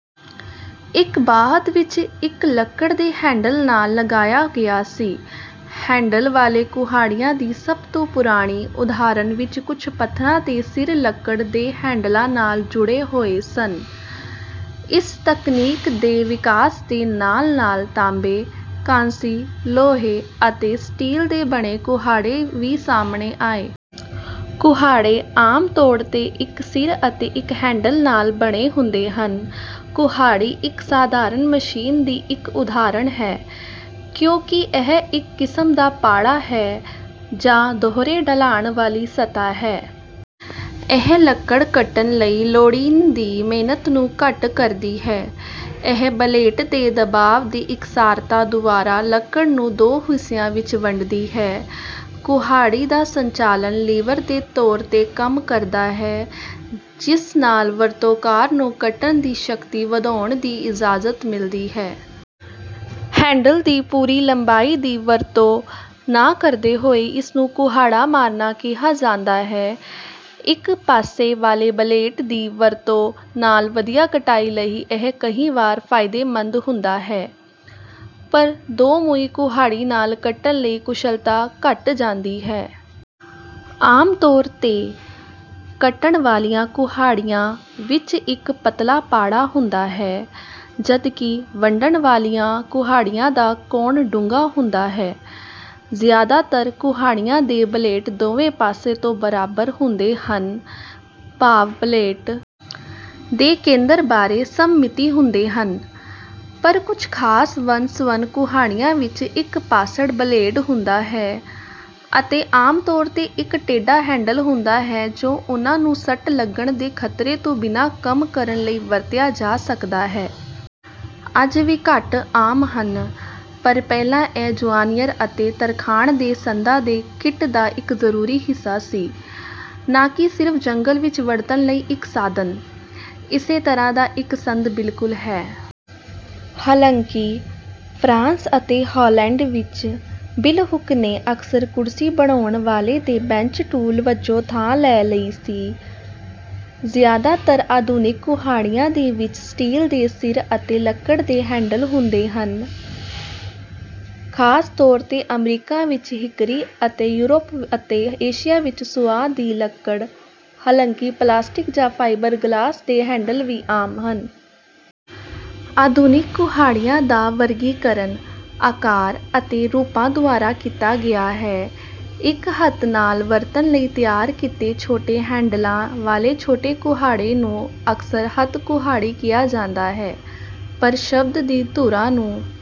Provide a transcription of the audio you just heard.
ਇਹ ਬਾਅਦ ਵਿੱਚ ਇੱਕ ਲੱਕੜ ਦੇ ਹੈਂਡਲ ਨਾਲ ਲਗਾਇਆ ਗਿਆ ਸੀ। ਹੈਂਡਲ ਵਾਲੇ ਕੁਹਾੜਿਆਂ ਦੀ ਸਭ ਤੋਂ ਪੁਰਾਣੀ ਉਦਾਹਰਣ ਵਿੱਚ ਕੁਝ ਪੱਥਰਾਂ ਦੇ ਸਿਰ ਲੱਕੜ ਦੇ ਹੈਂਡਲਾਂ ਨਾਲ ਜੁੜੇ ਹੋਏ ਹਨ। ਇਸ ਤਕਨੀਕ ਦੇ ਵਿਕਾਸ ਦੇ ਨਾਲ-ਨਾਲ ਤਾਂਬੇ, ਕਾਂਸੀ, ਲੋਹੇ ਅਤੇ ਸਟੀਲ ਦੇ ਬਣੇ ਕੁਹਾੜੇ ਵੀ ਸਾਹਮਣੇ ਆਏ। ਕੁਹਾੜੇ ਆਮ ਤੌਰ 'ਤੇ ਇੱਕ ਸਿਰ ਅਤੇ ਇੱਕ ਹੈਂਡਲ ਨਾਲ ਬਣੇ ਹੁੰਦੇ ਹਨ। ਕੁਹਾੜੀ ਇੱਕ ਸਾਧਾਰਨ ਮਸ਼ੀਨ ਦੀ ਇੱਕ ਉਦਾਹਰਣ ਹੈ, ਕਿਉਂਕਿ ਇਹ ਇੱਕ ਕਿਸਮ ਦਾ ਪਾੜਾ ਹੈ, ਜਾਂ ਦੋਹਰੇ ਢਲਾਣ ਵਾਲੀ ਸਤ੍ਹਾ ਹੈ। ਇਹ ਲੱਕੜ ਕੱਟਣ ਲਈ ਲੋੜੀਂਦੀ ਮਿਹਨਤ ਨੂੰ ਘੱਟ ਕਰਦੀ ਹੈ। ਇਹ ਬਲੇਡ 'ਤੇ ਦਬਾਅ ਦੀ ਇਕਸਾਰਤਾ ਦੁਆਰਾ ਲੱਕੜ ਨੂੰ ਦੋ ਹਿੱਸਿਆਂ ਵਿੱਚ ਵੰਡਦੀ ਹੈ। ਕੁਹਾੜੀ ਦਾ ਸੰਚਾਲਨ ਲੀਵਰ ਦੇ ਤੌਰ 'ਤੇ ਕੰਮ ਕਰਦਾ ਹੈ, ਜਿਸ ਨਾਲ ਵਰਤੋਂਕਾਰ ਨੂੰ ਕੱਟਣ ਦੀ ਸ਼ਕਤੀ ਵਧਾਉਣ ਦੀ ਇਜਾਜ਼ਤ ਮਿਲਦੀ ਹੈ। ਹੈਂਡਲ ਦੀ ਪੂਰੀ ਲੰਬਾਈ ਦੀ ਵਰਤੋਂ ਨਾ ਕਰਦੇ ਹੋਏ ਇਸਨੂੰ ਕੁਹਾੜਾ ਮਾਰਨਾ ਕਿਹਾ ਜਾਂਦਾ ਹੈ। ਇੱਕ ਪਾਸੇ ਵਾਲੇ ਬਲੇਡ ਦੀ ਵਰਤੋਂ ਨਾਲ ਵਧੀਆ ਕਟਾਈ ਲਈ ਇਹ ਕਈ ਵਾਰ ਫਾਇਦੇਮੰਦ ਹੁੰਦਾ ਹੈ, ਪਰ ਦੋ-ਮੂੰਹੀ ਕੁਹਾੜੀ ਨਾਲ ਕੱਟਣ ਲਈ ਕੁਸ਼ਲਤਾ ਘਟ ਜਾਂਦੀ ਹੈ। ਆਮ ਤੌਰ 'ਤੇ, ਕੱਟਣ ਵਾਲੀਆਂ ਕੁਹਾੜੀਆਂ ਵਿੱਚ ਇੱਕ ਪਤਲਾ ਪਾੜਾ ਹੁੰਦਾ ਹੈ, ਜਦਕਿ ਵੰਡਣ ਵਾਲੀਆਂ ਕੁਹਾੜੀਆਂ ਦਾ ਕੋਣ ਡੂੰਘਾ ਹੁੰਦਾ ਹੈ। ਜ਼ਿਆਦਾਤਰ ਕੁਹਾੜੀਆਂ ਦੇ ਬਲੇਡ ਦੋਵੇਂ ਪਾਸੇ ਤੋਂ ਬਰਾਬਰ ਹੁੰਦੇ ਹਨ, ਭਾਵ ਬਲੇਡ ਦੇ ਕੇਂਦਰ ਬਾਰੇ ਸਮਮਿਤੀ ਹੁੰਦੇ ਹਨ, ਪਰ ਕੁਝ ਖਾਸ ਵੰਨ-ਸਵੰਨ ਕੁਹਾੜੀਆਂ ਵਿੱਚ ਇੱਕ-ਪਾਸੜ ਬਲੇਡ ਹੁੰਦਾ ਹੈ, ਅਤੇ ਆਮ ਤੌਰ 'ਤੇ ਇੱਕ ਟੇਢਾ ਹੈਂਡਲ ਹੁੰਦਾ ਹੈ ਜੋ ਉਹਨਾਂ ਨੂੰ ਸੱਟ ਲੱਗਣ ਦੇ ਖਤਰੇ ਤੋਂ ਬਿਨਾਂ ਕੰਮ ਕਰਨ ਲਈ ਵਰਤਿਆ ਜਾ ਸਕਦਾ ਹੈ। ਅੱਜ ਵੀ ਘੱਟ ਆਮ ਹਨ, ਪਰ ਪਹਿਲਾਂ ਇਹ ਜੁਆਇਨਰ ਅਤੇ ਤਰਖਾਣ ਦੇ ਸੰਦਾਂ ਦੇ ਕਿੱਟ ਦਾ ਇੱਕ ਜ਼ਰੂਰੀ ਹਿੱਸਾ ਸੀ, ਨਾ ਕਿ ਸਿਰਫ ਜੰਗਲ ਵਿੱਚ ਵਰਤਣ ਲਈ ਇੱਕ ਸਾਧਨ। ਇਸੇ ਤਰ੍ਹਾਂ ਦਾ ਇੱਕ ਸੰਦ ਬਿਲਹੁੱਕ ਹੈ। ਹਾਲਾਂਕਿ, ਫਰਾਂਸ ਅਤੇ ਹਾਲੈਂਡ ਵਿੱਚ, ਬਿਲਹੁੱਕ ਨੇ ਅਕਸਰ ਕੁਰਸੀ ਬਣਾਉਣ ਵਾਲੇ ਦੇ ਬੈਂਚ ਟੂਲ ਵਜੋਂ ਥਾਂ ਲੈ ਲਈ ਸੀ। ਜ਼ਿਆਦਾਤਰ ਆਧੁਨਿਕ ਕੁਹਾੜੀਆਂ ਦੇ ਵਿੱਚ ਸਟੀਲ ਦੇ ਸਿਰ ਅਤੇ ਲੱਕੜ ਦੇ ਹੈਂਡਲ ਹੁੰਦੇ ਹਨ, ਖਾਸ ਤੌਰ 'ਤੇ ਅਮਰੀਕਾ ਵਿੱਚ ਹਿਕਰੀ ਅਤੇ ਯੂਰਪ ਅਤੇ ਏਸ਼ੀਆ ਵਿੱਚ ਸੁਆਹ ਦੀ ਲੱਕੜ, ਹਾਲਾਂਕਿ ਪਲਾਸਟਿਕ ਜਾਂ ਫਾਈਬਰਗਲਾਸ ਦੇ ਹੈਂਡਲ ਵੀ ਆਮ ਹਨ। ਆਧੁਨਿਕ ਕੁਹਾੜੀਆਂ ਦਾ ਵਰਗੀਕਰਨ, ਆਕਾਰ ਅਤੇ ਰੂਪਾਂ ਦੁਆਰਾ ਕੀਤਾ ਗਿਆ ਹੈ। ਇੱਕ ਹੱਥ ਨਾਲ ਵਰਤਣ ਲਈ ਤਿਆਰ ਕੀਤੇ ਛੋਟੇ ਹੈਂਡਲਾਂ ਵਾਲੇ ਛੋਟੇ ਕੁਹਾੜੇ ਨੂੰ ਅਕਸਰ ਹੱਥ-ਕੁਹਾੜੀ ਕਿਹਾ ਜਾਂਦਾ ਹੈ, ਪਰ ਸ਼ਬਦ ਦੀ 'ਧੁਰਾ' ਨੂੰ